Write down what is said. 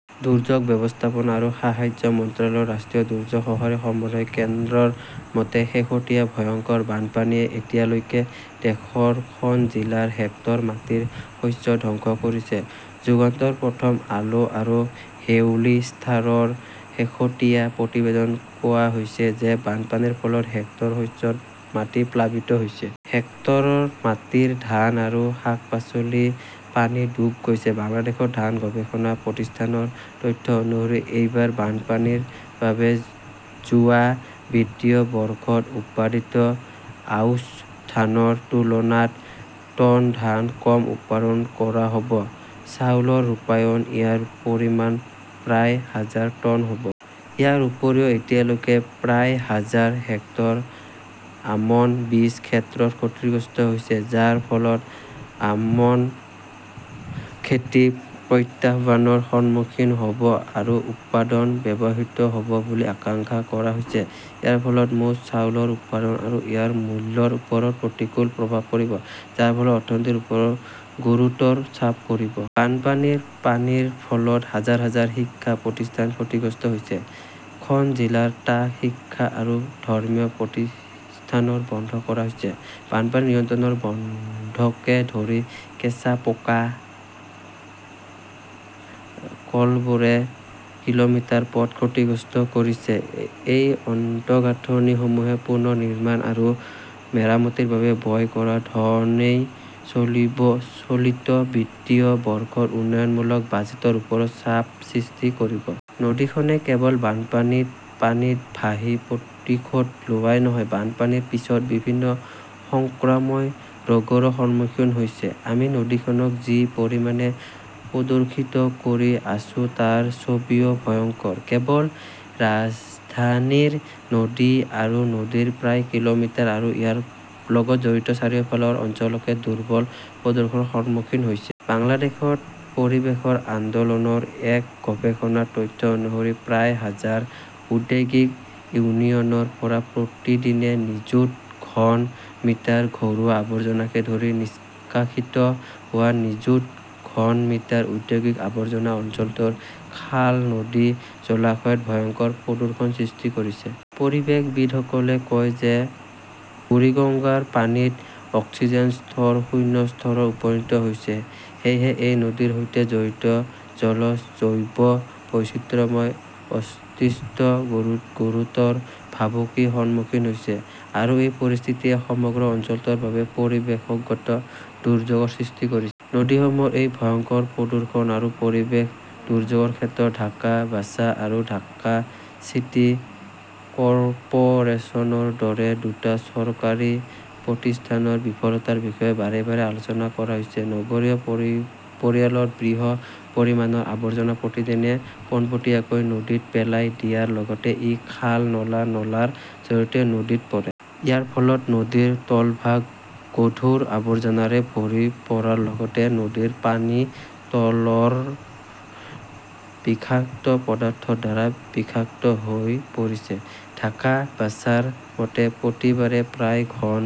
দুৰ্যোগ ব্যৱস্থাপনা আৰু সাহায্য মন্ত্ৰালয়ৰ ৰাষ্ট্ৰীয় দুৰ্যোগ সঁহাৰি সমন্বয় কেন্দ্ৰৰ মতে, শেহতীয়া ভয়ংকৰ বানপানীয়ে এতিয়ালৈকে দেশৰ খন জিলাত হেক্টৰ মাটিৰ শস্য ধ্বংস কৰিছে। যুগান্তৰ, প্ৰথম আলো আৰু ডেইলী ষ্টাৰৰ শেহতীয়া প্ৰতিবেদনত কোৱা হৈছে যে বানপানীৰ ফলত, হেক্টৰ শস্যৰ মাটি প্লাবিত হৈছে।, হেক্টৰ মাটিৰ ধান আৰু শাক-পাচলি পানীত ডুব গৈছে। বাংলাদেশ ধান গৱেষণা প্ৰতিষ্ঠানৰ তথ্য অনুসৰি, এইবাৰ বানপানীৰ বাবে যোৱা বিত্তীয় বৰ্ষত উৎপাদিত আউছ ধানৰ তুলনাত টন ধান কম উৎপাদন কৰা হ 'ব। চাউলৰ ৰূপত ইয়াৰ পৰিমাণ প্ৰায় হাজাৰ টন হ 'ব। ইয়াৰ উপৰিও, এতিয়ালৈকে প্ৰায় হাজাৰ হেক্টৰ আমন বীজ ক্ষেত্ৰ ক্ষতিগ্ৰস্ত হৈছে, যাৰ ফলত আমন খেতি প্ৰত্যাহ্বানৰ সন্মুখীন হ 'ব আৰু উৎপাদন ব্যাহত হ' ব বুলি আশংকা কৰা হৈছে। ইয়াৰ ফলত মুঠ চাউলৰ উৎপাদন আৰু ইয়াৰ মূল্যৰ ওপৰত প্ৰতিকূল প্ৰভাৱ পৰিব, যাৰ ফলত অৰ্থনীতিৰ ওপৰত গুৰুতৰ চাপ পৰিব। বানপানীৰ পানীৰ ফলত হাজাৰ হাজাৰ শিক্ষা প্ৰতিষ্ঠান ক্ষতিগ্ৰস্ত হৈছে। খন জিলাৰ টা শিক্ষা আৰু ধৰ্মীয় প্ৰতিষ্ঠান বন্ধ কৰা হৈছে। বানপানী নিয়ন্ত্ৰণ বান্ধকে ধৰি কেঁচা-পাকা কলবোৰে কিলোমিটাৰ পথ ক্ষতিগ্ৰস্ত কৰিছে। এই আন্তঃগাঁথনিসমূহ পুনৰ নিৰ্মাণ আৰু মেৰামতিৰ বাবে ব্যয় কৰা ধনই চলিত বিত্তীয় বৰ্ষত উন্নয়নমূলক বাজেটৰ ওপৰত চাপ সৃষ্টি কৰিব। নদীখনে কেৱল বানপানীৰ পানীত ভাহি প্ৰতিশোধ লোৱাই নহয়, বানপানীৰ পিছৰ বিভিন্ন সংক্ৰামক ৰোগৰো সন্মুখীন হৈছে। আমি নদীখনক যি পৰিমাণে প্ৰদূষিত কৰি আছো তাৰ ছবিও ভয়ংকৰ। কেৱল ৰাজধানীৰ নদী আৰু নদীৰ প্ৰায় কিলোমিটাৰ আৰু ইয়াৰ লগত জড়িত চাৰিওফালৰ অঞ্চলহে দুৰ্বল প্ৰদূষণৰ সন্মুখীন হৈছে। বাংলাদেশ পৰিৱেশ আন্দোলন ৰ এক গৱেষণাৰ তথ্য অনুসৰি প্ৰায় হাজাৰ ঔদ্যোগিক ইউনিটৰ পৰা প্ৰতিদিনে নিযুত ঘন মিটাৰ ঘৰুৱা আৱৰ্জনাকে ধৰি নিষ্কাশিত হোৱা. নিযুত ঘন মিটাৰ ঔদ্যোগিক আৱৰ্জনা অঞ্চলটোৰ খাল-নদী-জলাশয়ত ভয়ংকৰ প্ৰদূষণৰ সৃষ্টি কৰিছে। পৰিৱেশবিদসকলে কয় যে বুৰিগঙ্গাৰ পানীত অক্সিজেনৰ স্তৰ শূন্য স্তৰত উপনীত হৈছে। সেয়েহে এই নদীৰ সৈতে জড়িত জলজ জৈৱ বৈচিত্ৰ্যৰ অস্তিত্ব গুৰুতৰ ভাবুকিৰ সন্মুখীন হৈছে। আৰু এই পৰিস্থিতিয়ে সমগ্ৰ অঞ্চলটোৰ বাবে পৰিৱেশগত দুৰ্যোগৰ সৃষ্টি কৰিছে। নদীসমূহৰ এই ভয়ংকৰ প্ৰদূষণ আৰু পৰিৱেশ দুৰ্যোগৰ ক্ষেত্ৰত ঢাকা ৱাছা আৰু ঢাকা চিটি কৰ্পোৰেচনৰ দৰে দুটা চৰকাৰী প্ৰতিষ্ঠানৰ বিফলতাৰ বিষয়ে বাৰে বাৰে আলোচনা কৰা হৈছে। নগৰীয়া পৰিয়ালৰ বৃহৎ পৰিমাণৰ আৱৰ্জনা প্ৰতিদিনে পোনপটীয়াকৈ নদীত পেলাই দিয়াৰ লগতে ই খাল-নলা-নলাৰ জৰিয়তে নদীত পৰে। ইয়াৰ ফলত নদীৰ তলভাগ গধুৰ আৱৰ্জনাৰে ভৰি পৰাৰ লগতে নদীৰ পানী তৰল বিষাক্ত পদাৰ্থৰ দ্বাৰা বিষাক্ত হৈ পৰিছে। ঢাকা ৱাছাৰ মতে, প্ৰতিবাৰে প্ৰায় ঘন